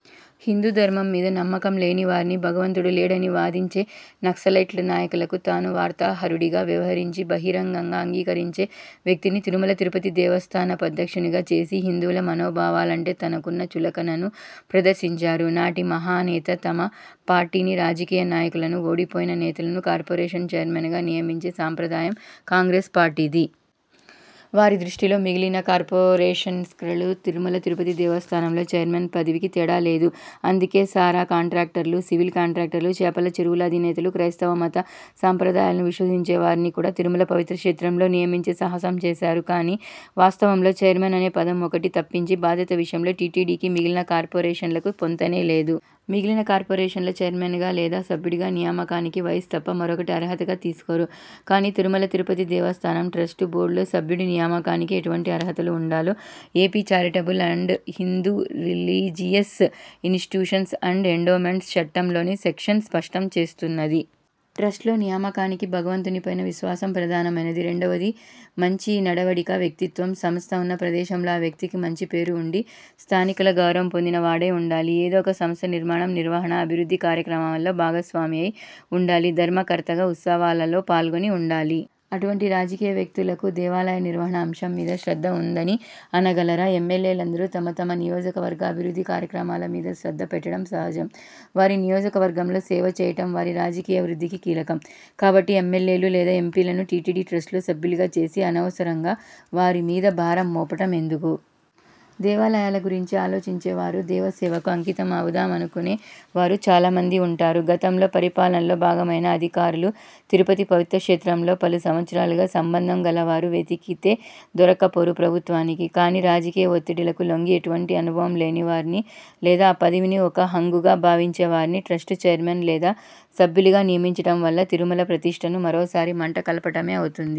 హిందూ ధర్మం మీద నమ్మకం లేనివారిని, భగవంతుడు లేడని వాదించే నక్సలైట్లు నాయకులకు తాను వార్తాహరుడిగా వ్యవహరించి బహిరంగంగా అంగీకరించే వ్యక్తిని తిరుమల తిరుపతి దేవస్థానపు అధ్యక్షునిగా చేసి హిందువుల మనోభావాలంటే తనకున్న చులకనను ప్రదర్శించారు నాటి 'మహానేత'. తమ పార్టీని రాజకీయ నాయకులను, ఓడిపోయిన నేతలను కార్పొరేషన్ చైర్మన్గా నియమించే సాంప్రదాయం కాంగ్రెస్ పార్టీది. వారి దృష్టిలో మిగిలిన కార్పొరేషన్స్కి తిరుమల తిరుపతి దేవస్థానంల చైర్మన్ పదవికీ తేడా లేదు. అందుకే సారా కాంట్రాక్టర్లు, సివిల్ కాంట్రాక్టర్లు, చేపల చెరువుల అధినేతలు, క్రైస్తవ మత సాంప్రదాయాలను విశ్వసించే వారిని కూడా తిరుమల పవిత్ర క్షేత్రంలో నియమించే సాహసం చేశారు. కానీ వాస్తవంలో 'చైర్మన్' అనే పదం ఒక్కటి తప్పించి బాధ్యత విషయంలో టీటీడీకి మిగిలిన కార్పొరేషన్లకి పొంతనే లేదు. మిగిలిన కార్పొరేషన్ల చైర్మన్గా లేదా సభ్యుడిగా నియామకానికి వయసు తప్ప మరొకటి అర్హతగా తీసుకోరు. కానీ తిరుమల తిరుపతి దేవస్థానం ట్రస్ట్ బోర్డులో సభ్యుడి నియామకానికి ఎటువంటి అర్హతలు వుండాలో AP charitable and Hindu religious institutions and endowments చట్టం లోని సెక్షన్ స్పష్టం చేస్తున్నది. ట్రస్ట్లో నియామకానికి భగవంతునిపై విశ్వాసం ప్రధానమైనది. రెండవది మంచి నడవడిక, వ్యక్తిత్వం. సంస్థ వున్న ప్రదేశంలో ఆ వ్యక్తికి మంచి పేరు వుండి, స్థానికుల గౌరవం పొందిన వాడై వుండాలి. ఏదో ఒక సంమస్య నిర్మాణం, నిర్వహణ, అభివృద్ధి కార్యక్రమాల్లో భాగస్వామి అయి వుండాలి. ధర్మకర్తగా ఉత్సవాలలో పాల్గొని వుండాలి. అటువంటి రాజకీయ వ్యక్తులకు దేవాలయ నిర్వహణ అంశం మీద శ్రద్ధ వుందని అనగలరా! ఎమ్మెల్యేలందరూ తమ తమ నియోజకవర్గ అభివృద్ధి కార్యక్రమాల మీద శ్రద్ధ పెట్టడం సహజం. వారి నియోజకవర్గంలో సేవ చేయటం వారి రాజకీయ వృద్ధికి కీలకం. కాబట్టి ఎమ్మెల్యేలు లేదా ఎంపీలను టీటీడీ ట్రస్టులో సభ్యులుగా చేసి అనవసరంగా వారిమీద భారం మోపటం ఎందుకు! దేవాలయాల గురించి ఆలోచించే వారు, దేవ సేవకు అంకితం అవుదామనుకునే వారు చాలామంది వుంటారు. గతంలో పరిపాలనలో భాగమైన అధికారులు, తిరుపతి పవిత్ర క్షేత్రంలో పలు సంవత్సరాలుగా సంబంధం గలవారు వెతికితే దొరక్కపోరు ప్రభుత్వానికి. కానీ రాజకీయ ఒత్తిడులకు లొంగి ఎటువంటి అనుభవం లేని వారిని లేదా ఆ పదవిని ఒక హంగుగా భావించేవారిని ట్రస్ట్ చైర్మన్ లేదా సభ్యులుగా నియమించటం వల్ల తిరుమల ప్రతిష్ఠను మరోసారి మంట కలపటమే అవుతుంది.